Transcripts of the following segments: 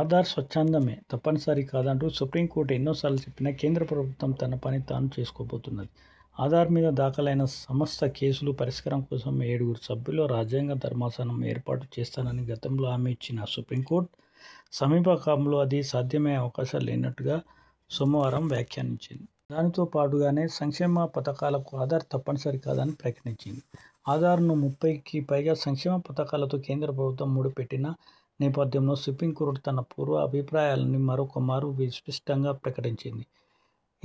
ఆధార్ స్వచ్ఛందమే, తప్పనిసరి కాదంటూ సుప్రీంకోర్టు ఎన్నిసార్లు చెప్పినా, కేంద్ర ప్రభుత్వం తన పని తాను చేసుకుపోతున్నది. ఆధార్ మీద దాఖలైన సమస్త కేసుల పరిష్కారం కోసం ఏడుగురు సభ్యుల రాజ్యాంగ ధర్మాసనం ఏర్పాటు చేస్తానని గతంలో హామీ ఇచ్చిన సుప్రీంకోర్టు, సమీపకాలంలో అది సాధ్యమయ్యే అవకాశాలు లేనట్టుగా సోమవారం వ్యాఖ్యానించి. దానితోపాటుగానే, సంక్షేమ పథకాలకు ఆధార్ తప్పనిసరి కాదని ప్రకటించింది. ఆధార్‌ను ముప్పైకిపైగా సంక్షేమ పథకాలతో కేంద్ర ప్రభుత్వం ముడిపెట్టిన నేపథ్యంలో సుప్రీంకోర్టు తన పూర్వ అభిప్రాయాన్నే మరొకమారు విస్పష్టంగా ప్రకటించింది.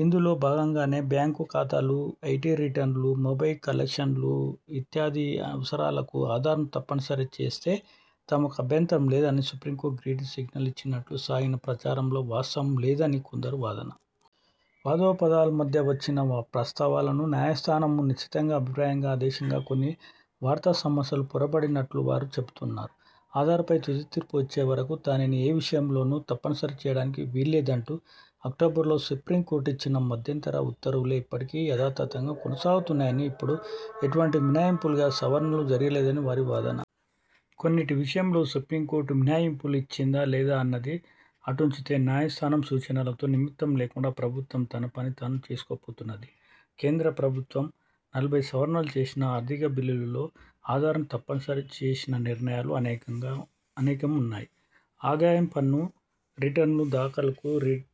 ఇందులో భాగంగానే, బ్యాంకు ఖాతాలు, ఐటీ రిటర్నులు, మొబైల్ కనెక్షన్లు ఇత్యాది అవసరాలకు ఆధార్‌ను తప్పనిసరి చేస్తే తనకు అభ్యంతరం లేదని సుప్రీంకోర్టు గ్రీన్ సిగ్నల్ ఇచ్చినట్లుగా సాగిన ప్రచారంలో వాస్తవం లేదని కొందరి వాదన. వాదోపవాదాల మధ్య వచ్చిన ప్రస్తావనలను న్యాయస్థానం నిశ్చితాభిప్రాయంగా, ఆదేశంగా కొన్ని వార్తాసంస్థలు పొరబడినట్లు వారు చెబుతున్నారు. ఆధార్‌పై తుదితీర్పు ఇచ్చేవరకూ దానిని ఏ విషయంలోనూ తప్పనిసరి చేయడానికి వీల్లేదంటూ అక్టోబర్లో సుప్రీంకోర్టు ఇచ్చిన మధ్యంతర ఉత్తర్వులే ఇప్పటికీ యథాతథంగా కొనసాగుతున్నాయనీ, ఇప్పుడు ఎటువంటి మినహాయింపులూ, సవరణలు జరగలేదని వారి వాదన. కొన్నింటి విషయంలో సుప్రీంకోర్టు మినహాయింపులు ఇచ్చిందా లేదా అన్నది అటుంచితే, న్యాయస్థానం సూచనలతో నిమిత్తం లేకుండానే ప్రభుత్వం తన పని తాను చేసుకుపోతున్నది. కేంద్ర ప్రభుత్వం నలభై సవరణలు చేసిన ఆర్థిక బిల్లులో ఆధార్‌ను తప్పనిసరి చేసిన నిర్ణయాలు అనేకం ఉన్నాయి. ఆదాయపన్ను రిటర్నుల దాఖలుకు,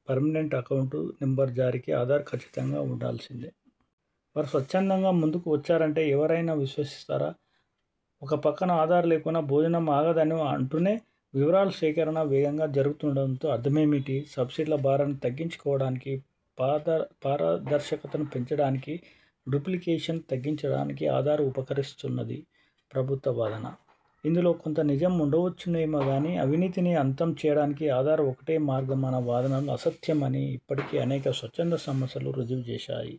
పర్మనెంట్ అకౌంట్ నెంబర్ జారీకి ఆధార్ కచ్చితంగా ఉండాల్సిందే. వారు స్వచ్ఛందంగా ముందుకు వచ్చారంటే ఎవరైనా విశ్వసిస్తారా? ఒకపక్కన ఆధార్ లేకున్నా భోజనం ఆగదని అంటూనే, వివరాల సేకరణ వేగంగా జరుగుతుండటంలో అర్థమేమిటి? సబ్సిడీల భారాన్ని తగ్గించుకోవడానికీ, పారదర్శకతను పెంచడానికీ, డూప్లికేషన్ తగ్గించడానికి ఆధార్ ఉపకరిస్తుందన్నది ప్రభుత్వ వాదన. ఇందులో కొంత నిజం ఉండవచ్చునేమో కానీ, అవినీతిని అంతం చేయడానికి ఆధార్ ఒక్కటే మార్గమన్న వాదనలు అసత్యమని ఇప్పటికే అనేక స్వచ్ఛంద సంస్థలు రుజువుచేశాయి.